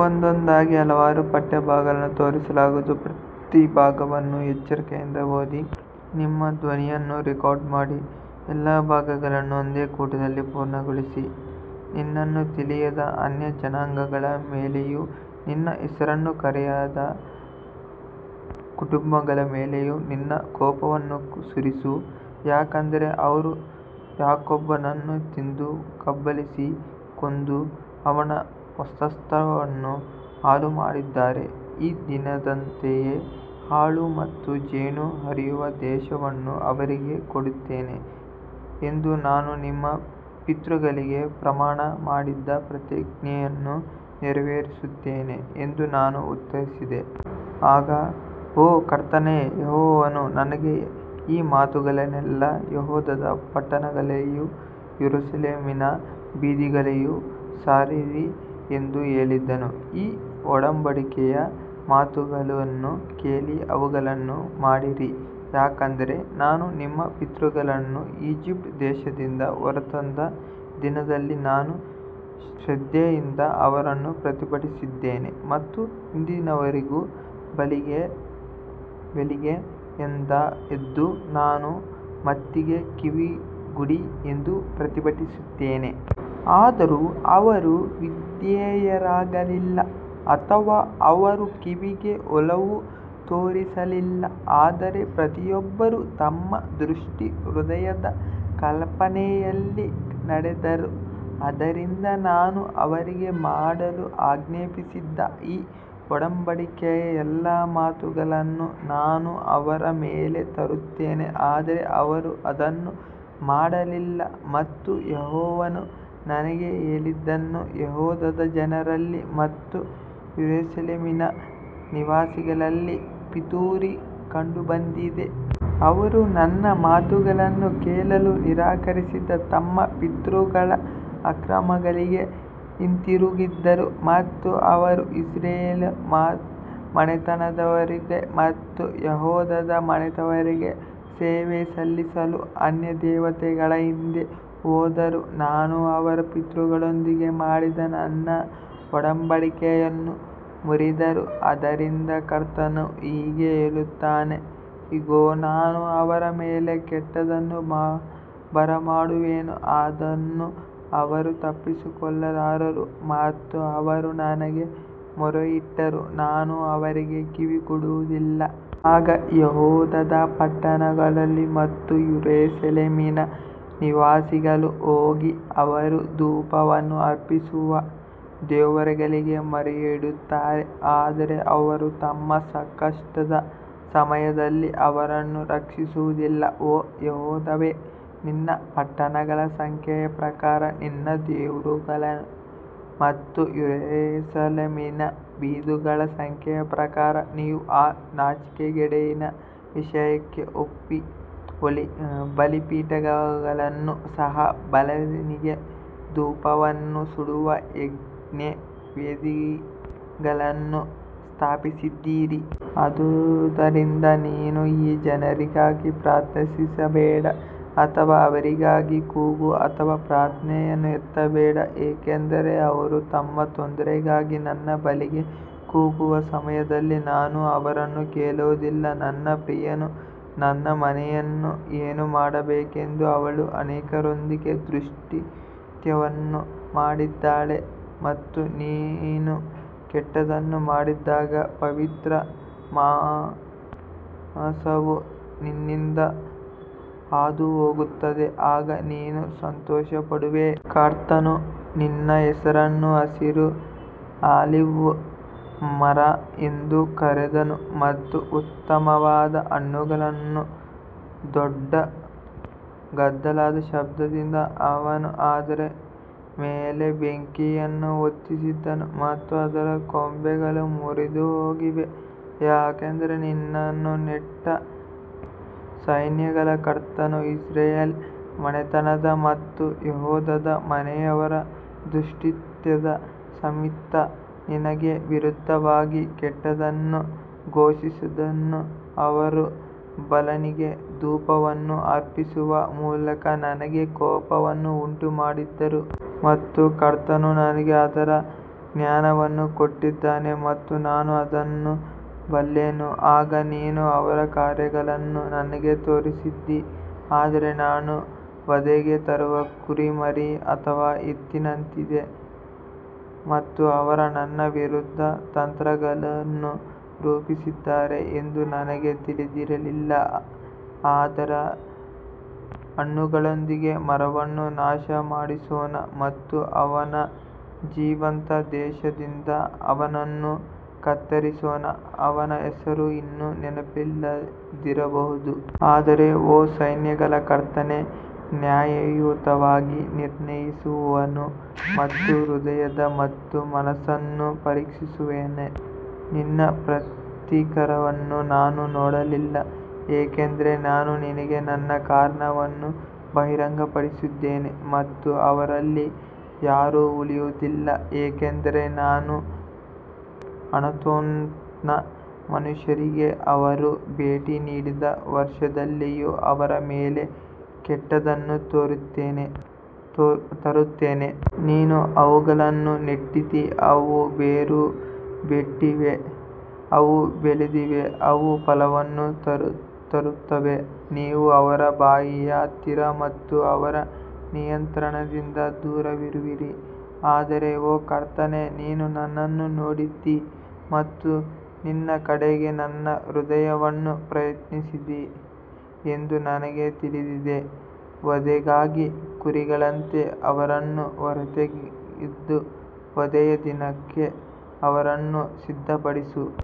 ನಿನ್ನನ್ನು ತಿಳಿಯದ ಅನ್ಯಜನಾಂಗಗಳ ಮೇಲೆಯೂ ನಿನ್ನ ಹೆಸರನ್ನು ಕರೆಯದ ಕುಟುಂಬಗಳ ಮೇಲೆಯೂ ನಿನ್ನ ಕೋಪವನ್ನು ಸುರಿಸು, ಯಾಕಂದರೆ ಅವರು ಯಾಕೋಬನನ್ನು ತಿಂದು ಕಬಳಿಸಿ ಕೊಂದು ಅವನ ವಾಸಸ್ಥಾನವನ್ನು ಹಾಳುಮಾಡಿದ್ದಾರೆ. ಈ ದಿನದಂತೆಯೇ ಹಾಲು ಮತ್ತು ಜೇನು ಹರಿಯುವ ದೇಶವನ್ನು ಅವರಿಗೆ ಕೊಡುತ್ತೇನೆ ಎಂದು ನಾನು ನಿಮ್ಮ ಪಿತೃಗಳಿಗೆ ಪ್ರಮಾಣ ಮಾಡಿದ ಪ್ರತಿಜ್ಞೆಯನ್ನು ನೆರವೇರಿಸುತ್ತೇನೆ ಎಂದು ನಾನು ಉತ್ತರಿಸಿದೆ. ಆಗ ಓ ಕರ್ತನೇ, ಯೆಹೋವನು ನನಗೆ ಈ ಮಾತುಗಳನ್ನೆಲ್ಲಾ ಯೆಹೂದದ ಪಟ್ಟಣಗಳಲ್ಲಿಯೂ ಯೆರೂಸಲೇಮಿನ ಬೀದಿಗಳಲ್ಲಿಯೂ ಸಾರಿರಿ ಎಂದು ಹೇಳಿದನು. ಈ ಒಡಂಬಡಿಕೆಯ ಮಾತುಗಳನ್ನು ಕೇಳಿ ಅವುಗಳನ್ನು ಮಾಡಿರಿ, ಯಾಕಂದರೆ ನಾನು ನಿಮ್ಮ ಪಿತೃಗಳನ್ನು ಈಜಿಪ್ಟ್ ದೇಶದಿಂದ ಹೊರತಂದ ದಿನದಲ್ಲಿ ನಾನು ಶ್ರದ್ಧೆಯಿಂದ ಅವರನ್ನು ಪ್ರತಿಭಟಿಸಿದ್ದೇನೆ ಮತ್ತು ಇಂದಿನವರೆಗೂ ಬೆಳಿಗ್ಗೆ ಎದ್ದು ನನ್ನ ಮಾತಿಗೆ ಕಿವಿಗೊಡಿ ಎಂದು ಪ್ರತಿಭಟಿಸುತ್ತೇನೆ. ಆದರೂ ಅವರು ವಿಧೇಯರಾಗಲಿಲ್ಲ ಅಥವಾ ಅವರ ಕಿವಿಗೆ ಒಲವು ತೋರಿಸಲಿಲ್ಲ, ಆದರೆ ಪ್ರತಿಯೊಬ್ಬರೂ ತಮ್ಮ ದುಷ್ಟ ಹೃದಯದ ಕಲ್ಪನೆಯಲ್ಲಿ ನಡೆದರು, ಆದ್ದರಿಂದ ನಾನು ಅವರಿಗೆ ಮಾಡಲು ಆಜ್ಞಾಪಿಸಿದ ಈ ಒಡಂಬಡಿಕೆಯ ಎಲ್ಲಾ ಮಾತುಗಳನ್ನು ನಾನು ಅವರ ಮೇಲೆ ತರುತ್ತೇನೆ, ಆದರೆ ಅವರು ಅದನ್ನು ಮಾಡಲಿಲ್ಲ. ಮತ್ತು ಯೆಹೋವನು ನನಗೆ ಹೇಳಿದನು, ಯೆಹೂದದ ಜನರಲ್ಲಿ ಮತ್ತು ಯೆರೂಸಲೇಮಿನ ನಿವಾಸಿಗಳಲ್ಲಿ ಪಿತೂರಿ ಕಂಡುಬಂದಿದೆ. ಅವರು ನನ್ನ ಮಾತುಗಳನ್ನು ಕೇಳಲು ನಿರಾಕರಿಸಿದ ತಮ್ಮ ಪಿತೃಗಳ ಅಕ್ರಮಗಳಿಗೆ ಹಿಂತಿರುಗಿದರು ಮತ್ತು ಅವರು ಇಸ್ರಾಯೇಲ್ ಮನೆತನದವರಿಗೆ ಮತ್ತು ಯೆಹೂದದ ಮನೆತನದವರಿಗೆ ಸೇವೆ ಸಲ್ಲಿಸಲು ಅನ್ಯದೇವತೆಗಳ ಹಿಂದೆ ಹೋದರು, ನಾನು ಅವರ ಪಿತೃಗಳೊಂದಿಗೆ ಮಾಡಿದ ನನ್ನ ಒಡಂಬಡಿಕೆಯನ್ನು ಮುರಿದರು. ಆದದರಿಂದ ಕರ್ತನು ಹೀಗೆ ಹೇಳುತ್ತಾನೆ, ಇಗೋ, ನಾನು ಅವರ ಮೇಲೆ ಕೆಟ್ಟದ್ದನ್ನು ಬರಮಾಡುವೆನು, ಅದನ್ನು ಅವರು ತಪ್ಪಿಸಿಕೊಳ್ಳಲಾರರು ಮತ್ತು ಅವರು ನನಗೆ ಮೊರೆಯಿಟ್ಟರೂ ನಾನು ಅವರಿಗೆ ಕಿವಿಗೊಡುವುದಿಲ್ಲ. ಆಗ ಯೆಹೂದದ ಪಟ್ಟಣಗಳು ಮತ್ತು ಯೆರೂಸಲೇಮಿನ ನಿವಾಸಿಗಳು ಹೋಗಿ ಅವರು ಧೂಪವನ್ನು ಅರ್ಪಿಸುವ ದೇವರುಗಳಿಗೆ ಮೊರೆಯಿಡುತ್ತಾರೆ, ಆದರೆ ಅವರು ತಮ್ಮ ಸಂಕಷ್ಟದ ಸಮಯದಲ್ಲಿ ಅವರನ್ನು ರಕ್ಷಿಸುವುದಿಲ್ಲ. ಓ ಯೆಹೂದವೇ, ನಿನ್ನ ಪಟ್ಟಣಗಳ ಸಂಖ್ಯೆಯ ಪ್ರಕಾರ ನಿನ್ನ ದೇವರುಗಳು ಮತ್ತು ಯೆರೂಸಲೇಮಿನ ಬೀದಿಗಳ ಸಂಖ್ಯೆಯ ಪ್ರಕಾರ ನೀವು ಆ ನಾಚಿಕೆಗೇಡಿನ ವಿಷಯಕ್ಕೆ ಬಲಿಪೀಠಗಳನ್ನು ಸಹ ಬಾಳನಿಗೆ ಧೂಪವನ್ನು ಸುಡುವ ಯಜ್ಞವೇದಿಗಳನ್ನು ಸ್ಥಾಪಿಸಿದ್ದೀರಿ. ಆದುದರಿಂದ ನೀನು ಈ ಜನರಿಗಾಗಿ ಪ್ರಾರ್ಥಿಸಬೇಡ ಅಥವಾ ಅವರಿಗಾಗಿ ಕೂಗು ಅಥವಾ ಪ್ರಾರ್ಥನೆಯನ್ನು ಎತ್ತಬೇಡ, ಏಕೆಂದರೆ ಅವರು ತಮ್ಮ ತೊಂದರೆಗಾಗಿ ನನ್ನ ಬಳಿಗೆ ಕೂಗುವ ಸಮಯದಲ್ಲಿ ನಾನು ಅವರನ್ನು ಕೇಳುವುದಿಲ್ಲ. ನನ್ನ ಪ್ರಿಯನು ನನ್ನ ಮನೆಯಲ್ಲಿ ಏನು ಮಾಡಬೇಕೆಂದು ಅವಳು ಅನೇಕರೊಂದಿಗೆ ದುಷ್ಕೃತ್ಯವನ್ನು ಮಾಡಿದ್ದಾಳೆ ಮತ್ತು ನೀನು ಕೆಟ್ಟದ್ದನ್ನು ಮಾಡಿದಾಗ ಪವಿತ್ರ ಮಾಂಸವು ನಿನ್ನಿಂದ ಹಾದುಹೋಗುತ್ತದೆ, ಆಗ ನೀನು ಸಂತೋಷಪಡುವೆ. ಕರ್ತನು ನಿನ್ನ ಹೆಸರನ್ನು ಹಸಿರು ಆಲಿವ್ ಮರ ಎಂದು ಕರೆದನು ಮತ್ತು ಉತ್ತಮವಾದ ಹಣ್ಣುಗಳನ್ನು ದೊಡ್ಡ ಗದ್ದಲದ ಶಬ್ದದಿಂದ ಅವನು ಅದರ ಮೇಲೆ ಬೆಂಕಿಯನ್ನು ಹೊತ್ತಿಸಿದನು ಮತ್ತು ಅದರ ಕೊಂಬೆಗಳು ಮುರಿದುಹೋಗಿವೆ. ಯಾಕಂದರೆ ನಿನ್ನನ್ನು ನೆಟ್ಟ ಸೈನ್ಯಗಳ ಕರ್ತನು ಇಸ್ರಾಯೇಲ್ ಮನೆತನದ ಮತ್ತು ಯೆಹೂದದ ಮನೆಯವರ ದುಷ್ಕೃತ್ಯದ ನಿಮಿತ್ತ ನಿನಗೆ ವಿರುದ್ಧವಾಗಿ ಕೆಟ್ಟದ್ದನ್ನು ಘೋಷಿಸಿದನು, ಅವರು ಬಾಳನಿಗೆ ಧೂಪವನ್ನು ಅರ್ಪಿಸುವ ಮೂಲಕ ನನಗೆ ಕೋಪವನ್ನು ಉಂಟುಮಾಡಿದರು. ಮತ್ತು ಕರ್ತನು ನನಗೆ ಅದರ ಜ್ಞಾನವನ್ನು ಕೊಟ್ಟಿದ್ದಾನೆ ಮತ್ತು ನಾನು ಅದನ್ನು ಬಲ್ಲೆನು, ಆಗ ನೀನು ಅವರ ಕಾರ್ಯಗಳನ್ನು ನನಗೆ ತೋರಿಸಿದ್ದೀ. ಆದರೆ ನಾನು ವಧೆಗೆ ತರುವ ಕುರಿಮರಿ ಅಥವಾ ಎತ್ತಿನಂತಿದ್ದೆ ಮತ್ತು ಅವರು ನನ್ನ ವಿರುದ್ಧ ತಂತ್ರಗಳನ್ನು ರೂಪಿಸಿದ್ದಾರೆ ಎಂದು ನನಗೆ ತಿಳಿದಿರಲಿಲ್ಲ. ಅದರ ಹಣ್ಣುಗಳೊಂದಿಗೆ ಮರವನ್ನು ನಾಶಪಡಿಸೋಣ ಮತ್ತು ಅವನ ಜೀವಂತ ದೇಶದಿಂದ ಅವನನ್ನು ಕತ್ತರಿಸೋಣ, ಅವನ ಹೆಸರು ಇನ್ನು ನೆನಪಿಲ್ಲದಿರಬಹುದು. ಆದರೆ ಓ ಸೈನ್ಯಗಳ ಕರ್ತನೇ, ನ್ಯಾಯಯುತವಾಗಿ ನಿರ್ಣಯಿಸುವವನು ಮತ್ತು ಹೃದಯ ಮತ್ತು ಮನಸ್ಸನ್ನು ಪರೀಕ್ಷಿಸುವವನೇ, ನಿನ್ನ ಪ್ರತೀಕಾರವನ್ನು ನಾನು ನೋಡಲಿ, ಏಕೆಂದರೆ ನಾನು ನಿನಗೆ ನನ್ನ ಕಾರಣವನ್ನು ಬಹಿರಂಗಪಡಿಸಿದ್ದೇನೆ. ಮತ್ತು ಅವರಲ್ಲಿ ಯಾರೂ ಉಳಿಯುವದಿಲ್ಲ, ಏಕೆಂದರೆ ನಾನು ಅನಾತೋತ್ನ ಮನುಷ್ಯರಿಗೆ ಅವರು ಭೇಟಿ ನೀಡಿದ ವರ್ಷದಲ್ಲಿಯೂ ಅವರ ಮೇಲೆ ಕೆಟ್ಟದ್ದನ್ನು ತರುತ್ತೇನೆ. ನೀನು ಅವುಗಳನ್ನು ನೆಟ್ಟಿದ್ದೀ, ಅವು ಬೇರು ಬಿಟ್ಟಿವೆ, ಅವು ಬೆಳೆದಿವೆ, ಅವು ಫಲವನ್ನು ತರುತ್ತವೆ. ನೀವು ಅವರ ಬಾಯಿಯ ಹತ್ತಿರ ಮತ್ತು ಅವರ ನಿಯಂತ್ರಣದಿಂದ ದೂರವಿರುವಿರಿ. ಆದರೆ ಓ ಕರ್ತನೇ, ನೀನು ನನ್ನನ್ನು ನೋಡಿದ್ದೀ ಮತ್ತು ನಿನ್ನ ಕಡೆಗೆ ನನ್ನ ಹೃದಯವನ್ನು ಪ್ರಯತ್ನಿಸಿದೆ ಎಂದು ನನಗೆ ತಿಳಿದಿದೆ. ವಧೆಗಾಗಿ ಕುರಿಗಳಂತೆ ಅವರನ್ನು ಹೊರತೆಗೆದು ವಧೆಯ ದಿನಕ್ಕೆ ಅವರನ್ನು ಸಿದ್ಧಪಡಿಸು.